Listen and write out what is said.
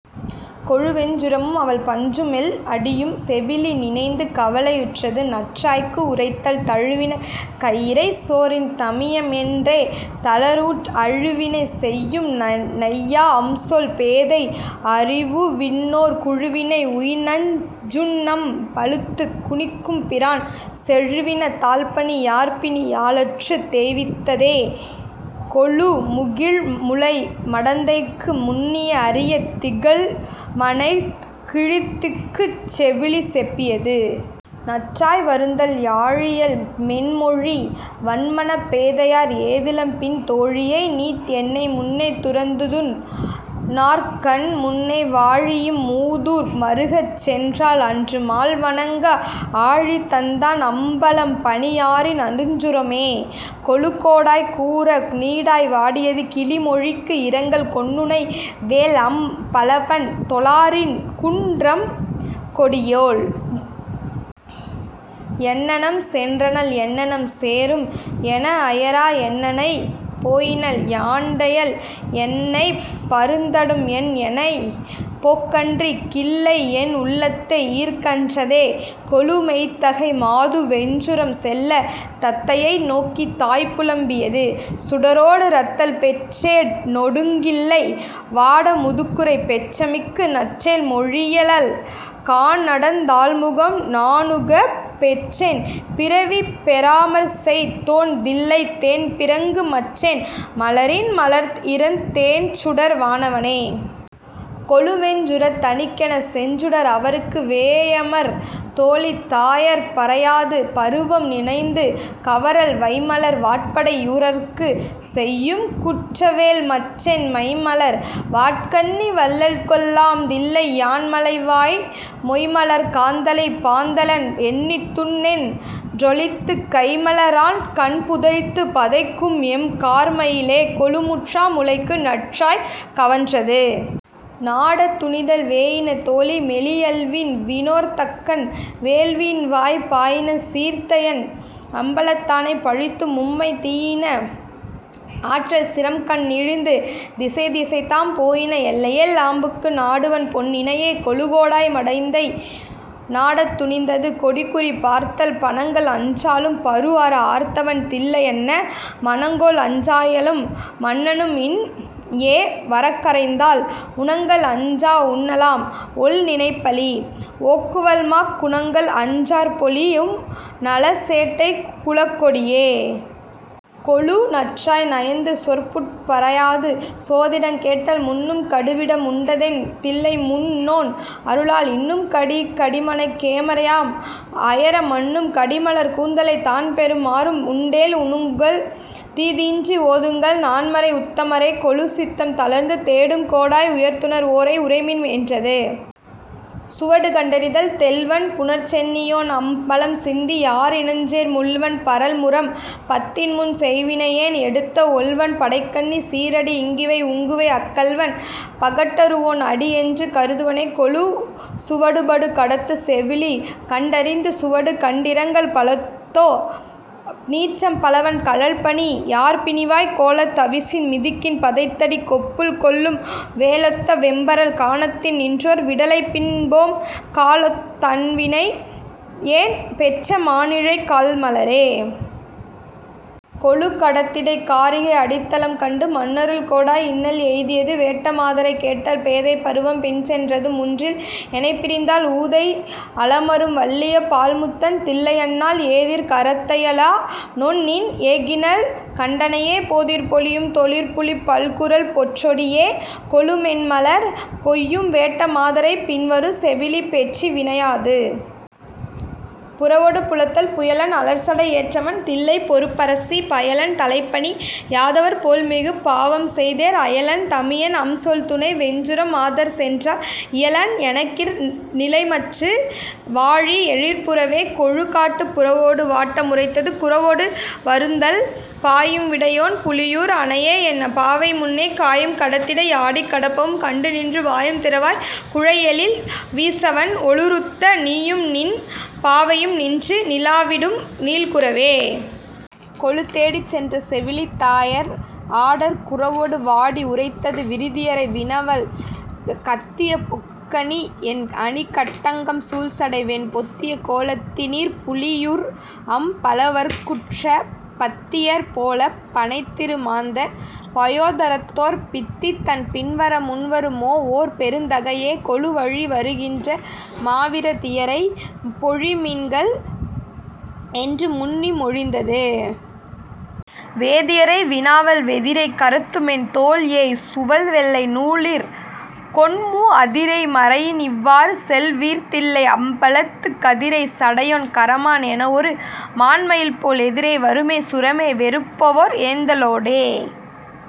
கொளு வெஞ்சுரமும் அவள் பஞ்சுமெல் அடியும் செவிலி நினைந்து கவலை யுற்றது.. நற்றாய்க்கு உரைத்தல் தழுவின கையிறை சோரின் தமியம்என் றேதளர்வுற் அழுவினை செய்யும்நை யாஅம்சொல் பேதை அறிவுவிண்ணோர் குழுவினை உய்யநஞ் சுண்அம் பலத்துக் குனிக்கும்பிரான் செழுவின தாள்பணி யார்பிணி யாலுற்றுத் தேய்வித்ததே... கொளு முகிழ்முலை மடந்தைக்கு முன்னிய அறியத் திகழ்மனைக் கிழத்திக்குச் செவிலி செப்பியது.. நற்றாய் வருந்தல் யாழியல் மென்மொழி வன்மனப் பேதையர் ஏதிலம்பின் தோழியை நீத்என்னை முன்னே துறந்துதுன் னார்கண்முன்னே வாழிஇம் மூதூர் மறுகச்சென் றாள்அன்று மால்வணங்க ஆழிதந் தான்அம் பலம்பணி யாரின் அருஞ்சுரமே... கொளு கோடாய் கூற நீடாய் வாடியது.. கிளி மொழிக்கு இரங்கல் கொன்னுனை வேல்அம் பலவன் தொழாரின்குன் றம்கொடியோள்। என்னணம் சென்றனள் என்னணம் சேரும் எனஅயரா என்னனை போயினள் யாண்டையள் என்னைப் பருந்தடும்என் என்னனை போக்கன்றிக் கிள்ளைஎன் உள்ளத்தை ஈர்க்கின்றதே... கொளு மெய்த்தகை மாது வெஞ்சுரம் செல்லத் தத்தையை நோக்கித் தாய்புலம் பியது.. சுடரோடு இரத்தல் பெற்றே னொடுங்கிள்ளை வாட முதுக்குறை பெற்றிமிக்கு நற்றேள் மொழியழல் கான்நடந் தாள்முகம் நானணுகப் பெற்றேன் பிறவி பெறாமற்செய் தோன்தில்லைத் தேன்பிறங்கு மற்றேன் மலரின் மலர்த்இரந் தேன்சுடர் வானவனே... கொளு வெஞ்சுரத் தணிக்கெனச் செஞ்சுடர் அவற்கு வேயமர் தோளி தாயர் பராயது.. பருவம் நினைந்து கவறல் வைம்மலர் வாட்படை யூரற்குச் செய்யும்குற் றேவல்மற்றென் மைம்மலர் வாட்கண்ணி வல்லள்கொல் லாம்தில்லை யான்மலைவாய் மொய்ம்மலர்க் காந்தளைப் பாந்தளென் எண்ணித்துண் ணென்றொளித்துக் கைம்மல ரால்கண் புதைத்துப் பதைக்கும்எம் கார்மயிலே... கொளு முற்றா முலைக்கு நற்றாய் கவன்றது.. நாடத் துணிதல் வேயின தோளி மெலியல்விண் ணோர்தக்கன் வேள்வியின்வாய்ப் பாயின சீர்த்தியன் அம்பலத் தானைப் பழித்துமும்மைத் தீயின ஆற்றல் சிரம்கண்இழிந்து திசைதிசைதாம் போயின எல்லையெல் லாம்புக்கு நாடுவன் பொன்னினையே... கொளு கோடாய் மடந்தையை நாடத் துணிந்தது.. கொடிக்குறி பார்த்தல் பணங்கள்அஞ் சாலும் பருஅர ஆர்த்தவன் தில்லையன்ன மணங்கொள்அஞ் சாயலும் மன்னனும் இன்னஏ வரக்கரைந்தால் உணங்கல்அஞ் சாஉண்ண லாம்ஒள் நிணப்பலி ஒக்குவல்மாக் குணங்கள்அஞ் சாற்பொலி யும்நல சேட்டைக் குலக்கொடியே... கொளு நற்றாய் நயந்து சொற்புட் பராயது.. சோதிடங் கேட்டல் முன்னும் கடுவிடம் உண்டதென் தில்லைமுன் னோன்அருளால் இன்னும் கடியிக் கடிமனைக் கேமற் யாம்அயர மன்னும் கடிமலர்க் கூந்தலைத் தான்பெறு மாறும்உண்டேல் உன்னுங்கள் தீதின்றி ஓதுங்கள் நான்மறை உத்தமரே... கொளு சித்தம் தளர்ந்து தேடும் கோடாய் உய்த்துணர் வோரை உரைமின் என்றது.. சுவடு கண்டறிதல் தெள்வன் புனற்சென்னி யோன்அம் பலம்சிந்தி யார்இனஞ்சேர் முள்வன் பரல்முரம் பத்தின்முன் செய்வினை யேன்எடுத்த ஒள்வன் படைக்கண்ணி சீறடி இங்கிவை உங்குவை அக் கள்வன் பகட்டுர வோன்அடி யென்று கருதுவனே... கொளு சுவடுபடு கடத்துச் செவிலி கண் டறிந்தது.. சுவடு கண்டிரங்கல் பாலொத்த நீற்றம் பலவன் கழல்பணி யார்பிணிவாய்க் கோலத் தவிசின் மிதிக்கின் பதைத்தடி கொப்புள்கொள்ளும் வேலொத்த வெம்பரல் கானத்தின் நின்றோர் விடலைபின்போம் காலொத் தனவினை யேன்பெற்ற மாணிழை கால்மலரே... கொளு கடத்திடைக் காரிகை அடித்தலம் கண்டு மன்னருள் கோடாய் இன்னல் எய்தியது.. வேட்ட மாதரைக் கேட்டல் பேதைப் பருவம் பின்சென் றதுமுன்றில் எனைப்பிரிந்தால் ஊதைக் அலமரும் வல்லியப் பாள்முத்தன் தில்லையன்னாள் ஏதிற் கரத்தய லானொஇன் ஏகினள் கண்டனையே போதிற் பொலியும் தொழிற்புலிப் பல்குரல் பொற்றொடியே... கொளு மென்மலர் கொய்யும் வேட்ட மாதரைப் பின்வரு செவிலி பெற்றி வினாயது.. புறவொடு புலத்தல் புயலன் அலர்சடை ஏற்றவன் தில்லைப் பொருப்பரசி பயலன் தலைப்பணி யாதவர் போல்மிகு பாவம்செய்தேற் அயலன் தமியன்அம் சொல்துணை வெஞ்சுரம் மாதர்சென்றால் இயலன் எனக்கிற் றிலைமற்று வாழி எழிற்புறவே... கொளு காட்டுப் புறவொடு வாட்டம் உரைத்தது.. குரவொடு வருந்தல் பாயும் விடையோன் புலியூர் அனையஎன் பாவைமுன்னே காயும் கடத்திடை யாடிக் கடப்பவும் கண்டுநின்று வாயும் திறவாய் குழைஎழில் வீசவண் ஓலுறுத்த நீயும்நின் பாவையும் நின்று நிலாவிடும் நீள்குரவே... கொளு தேடிச் சென்ற செவிலித் தாயர் ஆடற் குரவொடு வாடி உரைத்தது.. விரதியரை வினாவல் கத்திய பொக்கணத் என்அணி கட்டங்கம் சூழ்சடைவெண் பொத்திய கோலத்தி னீர்புலி யூர்அம் பலவர்க்குற்ற பத்தியர் போலப் பணைத்திறு மாந்த பயோதரத்தோர் பித்திதன் பின்வர முன்வரு மோஓர் பெருந்தகையே... கொளு வழிவரு கின்ற மாவிர தியரை மொழிமின்கள் என்று முன்னி மொழிந்தது.. வேதியரை வினாவல் வெதிரேய் கரத்துமென் தோல்ஏய் சுவல்வெள்ளை நூலிற்கொண்மூ அதிரேய் மறையின்இவ் வாறுசெல் வீர்தில்லை அம்பலத்துக் கதிரேய் சடையோன் கரமான் எனஒரு மான்மயில்போல் எதிரே வருமே சுரமே வெறுப்பவொர் ஏந்தலோடே.